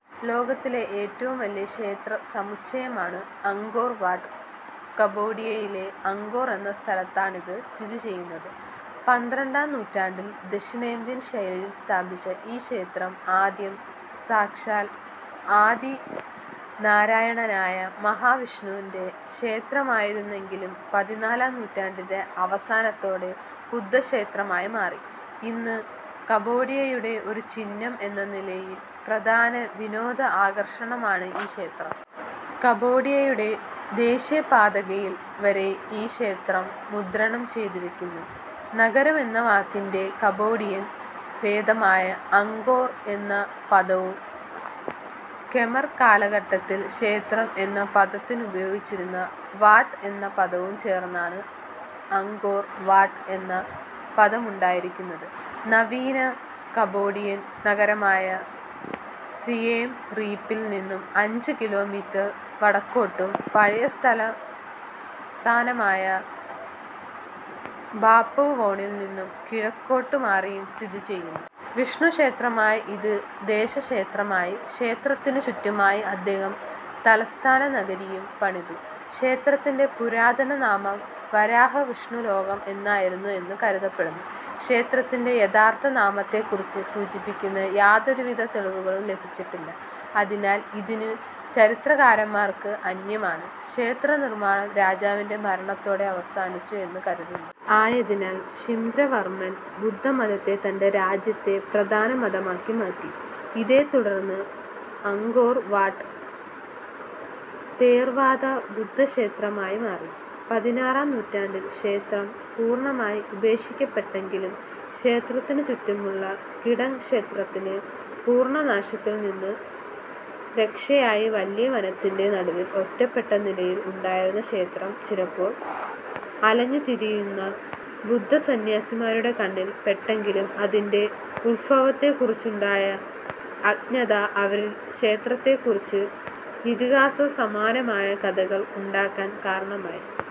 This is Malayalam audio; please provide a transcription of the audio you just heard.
ലോകത്തിലെ ഏറ്റവും വലിയ ക്ഷേത്ര സമുച്ചയമാണ് അങ്കോർ വാട്ട്. കമ്പോഡിയയിലെ അങ്കോർ എന്ന സ്ഥലത്താണിത് സ്ഥിതി ചെയ്യുന്നത്. പന്ത്രണ്ടാം നൂറ്റാണ്ടിൽ ദക്ഷിണേന്ത്യൻ ശൈലിയിൽ സ്ഥാപിച്ച ഈ ക്ഷേത്രം ആദ്യം സാക്ഷാൽ ആദി നാരായണനായ മഹാവിഷ്ണുവിന്റെ ക്ഷേത്രമായിരുന്നെങ്കിലും പതിനാലാം നൂറ്റാണ്ടിന്റെ അവസാനത്തോടെ ബുദ്ധക്ഷേത്രമായി മാറി. ഇന്ന് കമ്പോഡിയയുടെ ഒരു ചിഹ്നം എന്ന നിലയിൽ പ്രധാന വിനോദ ആകർഷണമാണ് ഈ ക്ഷേത്രം. കമ്പോഡിയയുടെ ദേശീയപതാകയിൽ വരെ ഈ ക്ഷേത്രം മുദ്രണം ചെയ്തിരിക്കുന്നു.. നഗരം എന്ന വാക്കിന്റെ കമ്പോഡിയൻ ഭേദമായ അങ്കോർ എന്ന പദവും ഖെമർ കാലഘട്ടത്തിൽ ക്ഷേത്രം എന്ന പദത്തിനുപയോഗിച്ചിരുന്ന വാട്ട് എന്ന പദവും ചേർന്നാണ് അങ്കോർ വാട്ട് എന്ന പദമുണ്ടായിരിക്കുന്നത്. നവീന കമ്പോഡിയൻ നഗരമായ സിയെം റീപ്പിൽ നിന്നും അഞ്ച് കിലോമീറ്റർ വടക്കോട്ടും പഴയ തലസ്ഥനമായ ബാപ്പുവോണിൽ നിന്നും കിഴക്കോട്ടു മാറിയും സ്ഥിതി ചെയ്യുന്നു. വിഷ്ണുക്ഷേത്രമായ ഇത് ദേശക്ഷേത്രമായി. ക്ഷേത്രത്തിനു ചുറ്റുമായി അദ്ദേഹം തലസ്ഥാനനഗരിയും പണിതു. ക്ഷേത്രത്തിന്റെ പുരാതന നാമം വരാഹ വിഷ്ണുലോകം എന്നായിരുന്നു എന്ന് കരുതപ്പെടുന്നു. ക്ഷേത്രത്തിന്റെ യഥാർത്ഥ നാമത്തെക്കുറിച്ച് സൂചിപ്പിക്കുന്ന യാതൊരുവിധ തെളിവുകളും ലഭിച്ചിട്ടില്ല. അതിനാൽ ഇതിന്നും ചരിത്രകാരന്മാർക്ക് അന്യമാണ്. ക്ഷേത്രനിർമ്മാണം രാജാവിന്റെ മരണത്തോടെ അവസാനിച്ചു എന്നു കരുതുന്നു. ആയതിനാൽ ശൃംന്ദ്രവർമ്മൻ ബുദ്ധമതത്തെ തന്റെ രാജ്യത്തെ പ്രധാന മതമാക്കി മാറ്റി. ഇതേത്തുടർന്ന് അങ്കോർ വാട്ട് തേർവാദ ബുദ്ധക്ഷേത്രമായി മാറി. പതിനാറാം നൂറ്റാണ്ടിൽ ക്ഷേത്രം പൂർണ്ണമായി ഉപേക്ഷിക്കപ്പെട്ടെങ്കിലും ക്ഷേത്രത്തിനു ചുറ്റുമുള്ള കിടങ്ങ് ക്ഷേത്രത്തിന് പൂർണ്ണനാശത്തിൽ നിന്നു രക്ഷയായി. വലിയ വനത്തിന്റെ നടുവിൽ ഒറ്റപ്പെട്ട നിലയിൽ ഉണ്ടായിരുന്ന ക്ഷേത്രം ചിലപ്പോൾ അലഞ്ഞുതിരിയുന്ന ബുദ്ധസന്യാസിമാരുടെ കണ്ണിൽ പെട്ടെങ്കിലും അതിന്റെ ഉത്ഭവത്തെക്കുറിച്ച് ഉണ്ടായ അജ്ഞത അവരിൽ ക്ഷേത്രത്തെക്കുറിച്ച് ഇതിഹാസസമാനമായ കഥകൾ ഉണ്ടാകാൻ കാരണമായി.